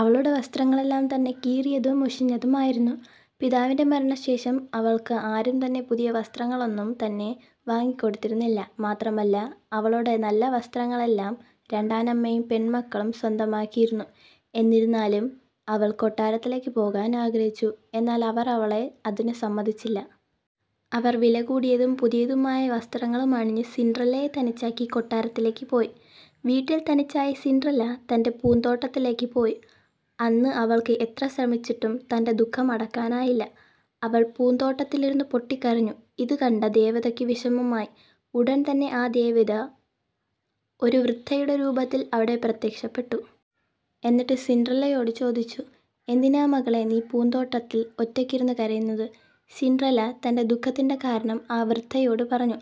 അവളുടെ വസ്ത്രങ്ങളെല്ലാം തന്നെ കീറിയതും മുഷിഞ്ഞതും ആയിരുന്നു. പിതാവിന്റെ മരണശേഷം അവൾക്കു ആരും തന്നെ പുതിയ വസ്ത്രങ്ങളൊന്നും തന്നെ വാങ്ങി കൊടുത്തിരുന്നില്ല. മാത്രമല്ല അവളുടെ നല്ല വസ്ത്രങ്ങളെല്ലാം രണ്ടാനമ്മയും പെൺമക്കളും സ്വന്തമാക്കിയിരുന്നു. എന്നിരുന്നാലും അവൾ കൊട്ടാരത്തിലേക്കു പോകാൻ ആഗ്രഹിച്ചു. എന്നാൽ അവർ അവളെ അതിനു സമ്മതിച്ചില്ല. അവർ വിലകൂടിയതും പുതിയതുമായ വസ്ത്രങ്ങളും അണിഞ്ഞു സിൻഡ്രല്ലയെ തനിച്ചാക്കി കൊട്ടാരത്തിലേക്കു പോയി. വീട്ടിൽ തനിച്ചായ സിൻഡ്രല്ല തന്റെ പൂന്തോട്ടത്തിലേക്ക് പോയി. അന്ന് അവൾക്ക് എത്ര ശ്രമിച്ചിട്ടും തന്റെ ദുഃഖം അടക്കാനായില്ല. അവൾ പൂന്തോട്ടത്തിലിരുന്നു പൊട്ടിക്കരഞ്ഞു. ഇതു കണ്ട ദേവതയ്ക്കും വിഷമമായി. ഉടൻതന്നെ ആ ദേവിത ഒരു വൃദ്ധയുടെ രൂപത്തിൽ അവിടെ പ്രത്യക്ഷപ്പെട്ടു. എന്നിട്ട് സിൻഡ്രല്ലയോട് ചോദിച്ചു "എന്തിനാ മകളെ പൂന്തോട്ടത്തിൽ ഒറ്റയ്ക്കിരുന്നു കരയുന്നത്? " സിൻഡ്രല്ല തന്റെ ദുഖത്തിന്റെ കാരണം ആ വൃദ്ധയോട് പറഞ്ഞു.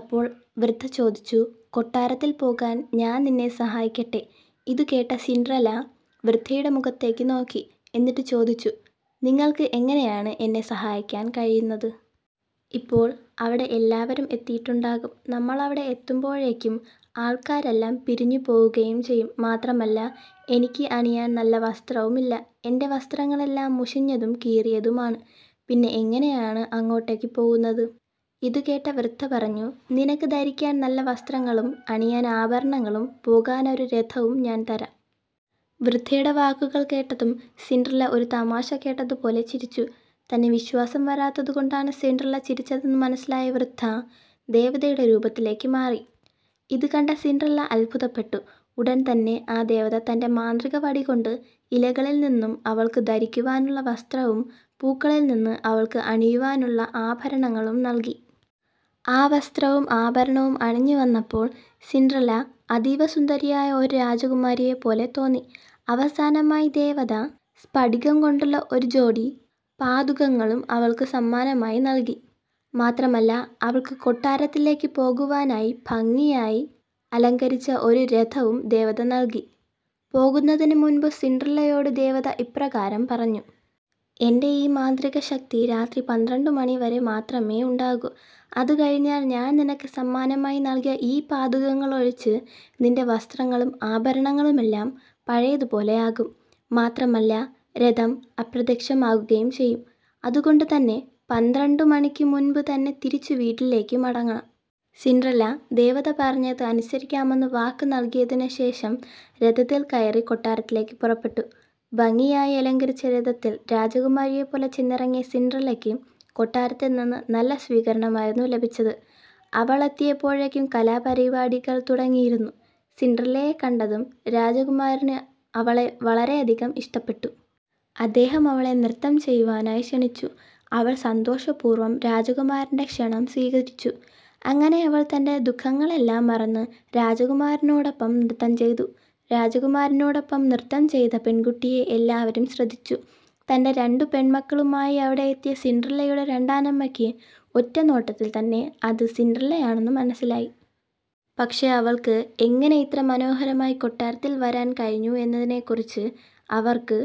അപ്പോൾ വൃദ്ധ ചോദിച്ചു "കൊട്ടാരത്തിൽ പോകാൻ ഞാൻ നിന്നെ സഹായിക്കട്ടെ. " ഇതുകേട്ട സിൻഡ്രല്ല വൃദ്ധയുടെ മുഖത്തേക്ക് നോക്കി. എന്നിട്ട് ചോദിച്ചു "നിങ്ങൾക്ക് എങ്ങനെയാണ് എന്നെ സഹായിക്കാൻ കഴിയുന്നത്? ഇപ്പോൾ അവിടെ എല്ലാവരും എത്തിയിട്ടുണ്ടാകും. നമ്മൾ അവിടെ എത്തുമ്പോഴേക്കും ആൾക്കാരെല്ലാം പിരിഞ്ഞു പോകുകയും ചെയ്യും. മാത്രമല്ല എനിക്ക് അണിയാൻ നല്ല വസ്ത്രവും ഇല്ല. എന്റെ വസ്ത്രങ്ങളെല്ലാം മുഷിഞ്ഞതും കീറിയതുമാണ്. പിന്നെ എങ്ങനെയാണ് അങ്ങോട്ടേക്ക് പോകുന്നത്? " ഇതുകേട്ട വൃദ്ധ പറഞ്ഞു "നിനക്ക് ധരിക്കാൻ നല്ല വസ്ത്രങ്ങളും അണിയാൻ ആഭരണങ്ങളും പോകാൻ ഒരു രഥവും ഞാൻ തരാം. " വൃദ്ധയുടെ വാക്കുകൾ കേട്ടതും സിൻഡ്രല്ല ഒരു തമാശ കേട്ടതു പോലെ ചിരിച്ചു. തന്നെ വിശ്വാസം വരാത്തത് കൊണ്ടാണ് സിൻഡ്രല്ല ചിരിച്ചതെന്നു മനസ്സിലായ വൃദ്ധ ദേവതയുടെ രൂപത്തിലേക്ക് മാറി. ഇതുകണ്ട സിൻഡ്രല്ല അത്ഭുതപ്പെട്ടു. ഉടൻ തന്നെ ആ ദേവത തന്റെ മാന്ത്രിക വടി കൊണ്ട് ഇലകളിൽ നിന്നും അവൾക്കു ധരിക്കുവാനുള്ള വസ്ത്രവും പൂക്കളിൽനിന്ന് അവൾക്ക് അണിയുവാനുള്ള ആഭരണങ്ങളും നൽകി. ആ വസ്ത്രവും ആഭരണവും അണിഞ്ഞു വന്നപ്പോൾ സിൻഡ്രല്ല അതീവ സുന്ദരിയായ ഒരു രാജകുമാരിയെ പോലെ തോന്നി. അവസാനമായി ദേവത സ്ഫടികം കൊണ്ടുള്ള ഒരു ജോടി പാദുകങ്ങളും അവൾക്കു സമ്മാനമായി നൽകി. മാത്രമല്ല അവൾക്കു കൊട്ടാരത്തിലേക്കു പോകുവാനായി ഭംഗിയായി അലങ്കരിച്ച ഒരു രഥവും ദേവത നൽകി. പോകുന്നതിനു മുൻപ് സിൻഡ്രല്ലയോട് ദേവത ഇപ്രകാരം പറഞ്ഞു. "എന്റെ ഈ മാന്ത്രിക ശക്തി രാത്രി പന്ത്രണ്ടു മണി വരെ മാത്രമേ ഉണ്ടാകൂ. അതു കഴിഞ്ഞാൽ ഞാൻ നിനക്ക് സമ്മാനമായി നൽകിയ ഈ പാദുകങ്ങൾ ഒഴിച്ച് നിന്റെ വസ്ത്രങ്ങളും ആഭരണങ്ങളുമെല്ലാം പഴയതു പോലെ ആകും. മാത്രമല്ല രഥം അപ്രത്യക്ഷമാകുകയും ചെയ്യും. അതുകൊണ്ടു തന്നെ പന്ത്രണ്ടു മണിക്ക് മുൻപ് തന്നെ തിരിച്ചു വീട്ടിലേക്കു മടങ്ങണം. " സിൻഡ്രല്ല ദേവത പറഞ്ഞത് അനുസരിക്കാമെന്നു വാക്ക് നൽകിയതിനു ശേഷം രഥത്തിൽ കയറി കൊട്ടാരത്തിലേക്കു പുറപ്പെട്ടു. ഭംഗിയായി അലങ്കരിച്ച രഥത്തിൽ രാജകുമാരിയെ പോലെ ചെന്നിറങ്ങിയ സിൻഡ്രല്ലയ്ക്ക് കൊട്ടാരത്തിൽ നിന്ന് നല്ല സ്വീകരണം ആയിരുന്നു ലഭിച്ചത്. അവൾ എത്തിയപ്പോഴേക്കും കലാപരിപാടികൾ തുടങ്ങിയിരുന്നു. സിൻഡ്രല്ലയെ കണ്ടതും രാജകുമാരനു അവളെ വളരെയധികം ഇഷ്ടപ്പെട്ടു. അദ്ദേഹം അവളെ നൃത്തം ചെയ്യുവാനായി ക്ഷണിച്ചു. അവൾ സന്തോഷപൂർവം രാജകുമാരന്റെ ക്ഷണം സ്വീകരിച്ചു. അങ്ങനെ അവൾ തന്റെ ദുഖങ്ങളെല്ലാം മറന്നു രാജകുമാരനോടൊപ്പം നൃത്തം ചെയ്തു. രാജകുമാരനോടൊപ്പം നൃത്തം ചെയ്ത പെൺകുട്ടിയെ എല്ലാവരും ശ്രദ്ധിച്ചു. തന്റെ രണ്ടു പെണ്മക്കളുമായി അവിടെ എത്തിയ സിൻഡ്രല്ലയുടെ രണ്ടാനമ്മയ്ക്ക് ഒറ്റ നോട്ടത്തിൽ തന്നെ അത് സിൻഡ്രല്ലയാണെന്നു മനസ്സിലായി. പക്ഷെ അവൾക്ക് എങ്ങനെ ഇത്ര മനോഹരമായി കൊട്ടാരത്തിൽ വരാൻ കഴിഞ്ഞു എന്നതിനെ ക്കുറിച്ച് അവർക്ക്